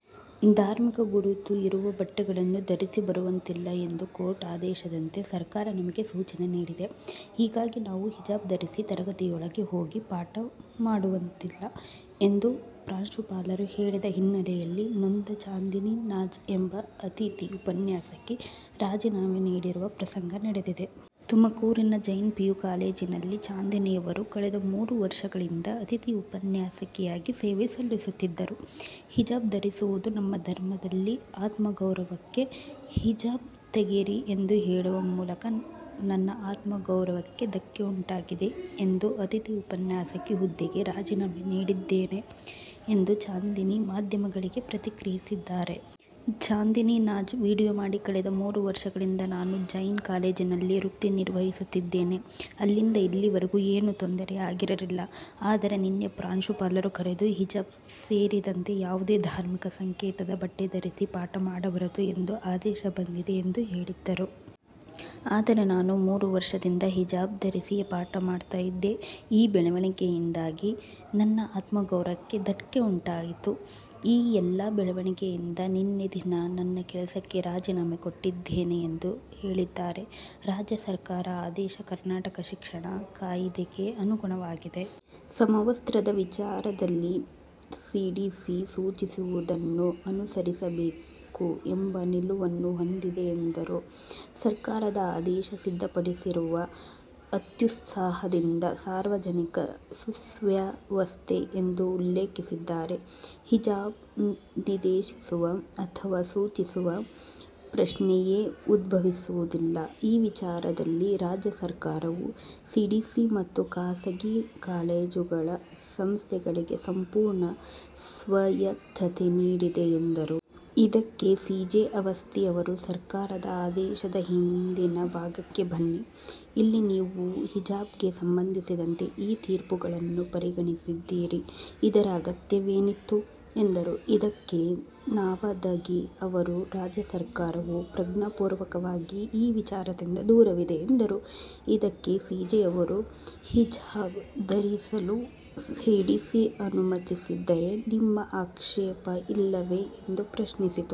ಧಾರ್ಮಿಕ ಗುರುತು ಇರುವ ಬಟ್ಟೆಗಳನ್ನು ಧರಿಸಿ ಬರುವಂತಿಲ್ಲ ಎಂದು ಕೋರ್ಟ್ ಆದೇಶದಂತೆ ಸರ್ಕಾರ ನಮಗೆ ಸೂಚನೆ ನೀಡಿದೆ, ಹೀಗಾಗಿ ನೀವು ಹಿಜಾಬ್ ಧರಿಸಿ ತರಗತಿಯೊಳಗೆ ಹೋಗಿ ಪಾಠ ಮಾಡುವಂತಿಲ್ಲ ಎಂದು ಪ್ರಾಂಶುಪಾಲರು ಹೇಳಿದ ಹಿನ್ನೆಲೆಯಲ್ಲಿ ನೊಂದು ಚಾಂದಿನಿ ನಾಜ್ ಎಂಬ ಅತಿಥಿ ಉಪನ್ಯಾಸಕಿ ರಾಜೀನಾಮೆ ನೀಡಿರುವ ಪ್ರಸಂಗ ನಡೆದಿದೆ. ತುಮಕೂರಿನ ಜೈನ್ ಪಿಯು ಕಾಲೇಜಿನಲ್ಲಿ ಚಾಂದಿನಿಯವರು ಕಳೆದ ಮೂರು ವರ್ಷಗಳಿಂದ ಅತಿಥಿ ಉಪನ್ಯಾಸಕಿಯಾಗಿ ಸೇವೆ ಸಲ್ಲಿಸುತ್ತಿದ್ದರು. ಹಿಜಾಬ್ ಧರಿಸುವುದು ನಮ್ಮ ಧರ್ಮದಲ್ಲಿ ಆತ್ಮಗೌರವಕ್ಕೆ, ಹಿಜಾಬ್ ತೆಗೆಯಿರಿ ಎಂದು ಹೇಳುವ ಮೂಲಕ ನನ್ನ ಆತ್ಮಗೌರವಕ್ಕೆ ಧಕ್ಕೆಯುಂಟಾಗಿದೆ ಎಂದು ಅತಿಥಿ ಉಪನ್ಯಾಸಕಿ ಹುದ್ದೆಗೆ ರಾಜೀನಾಮೆ ನೀಡಿದ್ದೇನೆ ಎಂದು ಚಾಂದಿನಿ ಮಾಧ್ಯಮಗಳಿಗೆ ಪ್ರತಿಕ್ರಿಯಿಸಿದ್ದಾರೆ. ಚಾಂದಿನಿ ನಾಜ್ ವಿಡಿಯೊ ಮಾಡಿ ಕಳೆದ ಮೂರು ವರ್ಷಗಳಿಂದ ನಾನು ಜೈನ್ ಕಾಲೇಜಿನಲ್ಲಿ ವೃತ್ತಿ ನಿರ್ವಹಿಸುತ್ತಿದ್ದೆ. ಅಲ್ಲಿಂದ ಇಲ್ಲಿವರೆಗೂ ಏನೂ ತೊಂದರೆ ಆಗಿರಲಿಲ್ಲ. ಆದರೆ ನಿನ್ನೆ ಪ್ರಾಂಶುಪಾಲರು ಕರೆದು ಹಿಜಾಬ್ ಸೇರಿದಂತೆ ಯಾವುದೇ ಧಾರ್ಮಿಕ ಸಂಕೇತದ ಬಟ್ಟೆ ಧರಿಸಿ ಪಾಠ ಮಾಡಬಾರದು ಎಂದು ಆದೇಶ ಬಂದಿದೆ ಎಂದು ಹೇಳಿದ್ದರು. ಆದರೆ ನಾನು ಮೂರು ವರ್ಷದಿಂದ ಹಿಜಾಬ್ ಧರಿಸಿಯೇ ಪಾಠ ಮಾಡ್ತಾ ಇದ್ದೆ. ಈ ಬೆಳವಣಿಗೆಯಿಂದಾಗಿ ನನ್ನ ಆತ್ಮಗೌರಕ್ಕೆ ಧಕ್ಕೆ ಉಂಟಾಯಿತು. ಈ ಎಲ್ಲ ಬೆಳವಣಿಗೆಯಿಂದ ನಿನ್ನೆ ದಿನ ನನ್ನ ಕೆಲಸಕ್ಕೆ ರಾಜಿನಾಮೆ ಕೊಟ್ಟಿದ್ದೇನೆ ಎಂದು ಹೇಳಿದ್ದಾರೆ. ರಾಜ್ಯ ಸರ್ಕಾರ ಆದೇಶ ಕರ್ನಾಟಕ ಶಿಕ್ಷಣ ಕಾಯಿದೆಗೆ ಅನುಗುಣವಾಗಿದೆ. ಸಮವಸ್ತ್ರದ ವಿಚಾರದಲ್ಲಿ ಸಿಡಿಸಿ ಸೂಚಿಸುವುದನ್ನು ಅನುಸರಿಸಬೇಕು ಎಂಬ ನಿಲುವನ್ನು ಹೊಂದಿದೆ ಎಂದರು. ಸರ್ಕಾರದ ಆದೇಶ ಸಿದ್ಧಪಡಿಸಿದವರು ಅತ್ಯುತ್ಸಾಹದಿಂದ ಸಾರ್ವಜನಿಕ ಸುವ್ಯವಸ್ಥೆ ಎಂದು ಉಲ್ಲೇಖಿಸಿದ್ದಾರೆ. ಹಿಜಾಬ್ ನಿಷೇಧಿಸುವ ಅಥವಾ ಸೂಚಿಸುವ ಪ್ರಶ್ನೆಯೇ ಉದ್ಭವಿಸುವುದಿಲ್ಲ. ಈ ವಿಚಾರದಲ್ಲಿ ರಾಜ್ಯ ಸರ್ಕಾರವು ಸಿಡಿಸಿ ಮತ್ತು ಖಾಸಗಿ ಕಾಲೇಜುಗಳ ಸಂಸ್ಥೆಗಳಿಗೆ ಸಂಪೂರ್ಣ ಸ್ವಾಯತ್ತತೆ ನೀಡಿದೆ ಎಂದರು. ಇದಕ್ಕೆ ಸಿಜೆ ಅವಸ್ಥಿ ಅವರು 'ಸರ್ಕಾರದ ಆದೇಶದ ಹಿಂದಿನ ಭಾಗಕ್ಕೆ ಬನ್ನಿ. ಇಲ್ಲಿ ನೀವು ಹಿಜಾಬ್ಗೆ ಸಂಬಂಧಿಸಿದಂತೆ ಈ ತೀರ್ಪುಗಳನ್ನು ಪರಿಗಣಿಸಿದ್ದೀರಿ. ಇದರ ಅಗತ್ಯವೇನಿತ್ತು? ' ಎಂದರು. ಇದಕ್ಕೆ ನಾವದಗಿ ಅವರು 'ರಾಜ್ಯ ಸರ್ಕಾರವು ಪ್ರಜ್ಞಾಪೂರ್ವಕವಾಗಿ ಈ ವಿಚಾರದಿಂದ ದೂರವಿದೆ' ಎಂದರು. ಇದಕ್ಕೆ ಸಿಜೆ ಅವರು 'ಹಿಜಾಬ್ ಧರಿಸಲು ಸಿಡಿಸಿ ಅನುಮತಿಸಿದರೆ ನಿಮ್ಮ ಆಕ್ಷೇಪ ಇಲ್ಲವೇ' ಎಂದು ಪ್ರಶ್ನಿಸಿತು.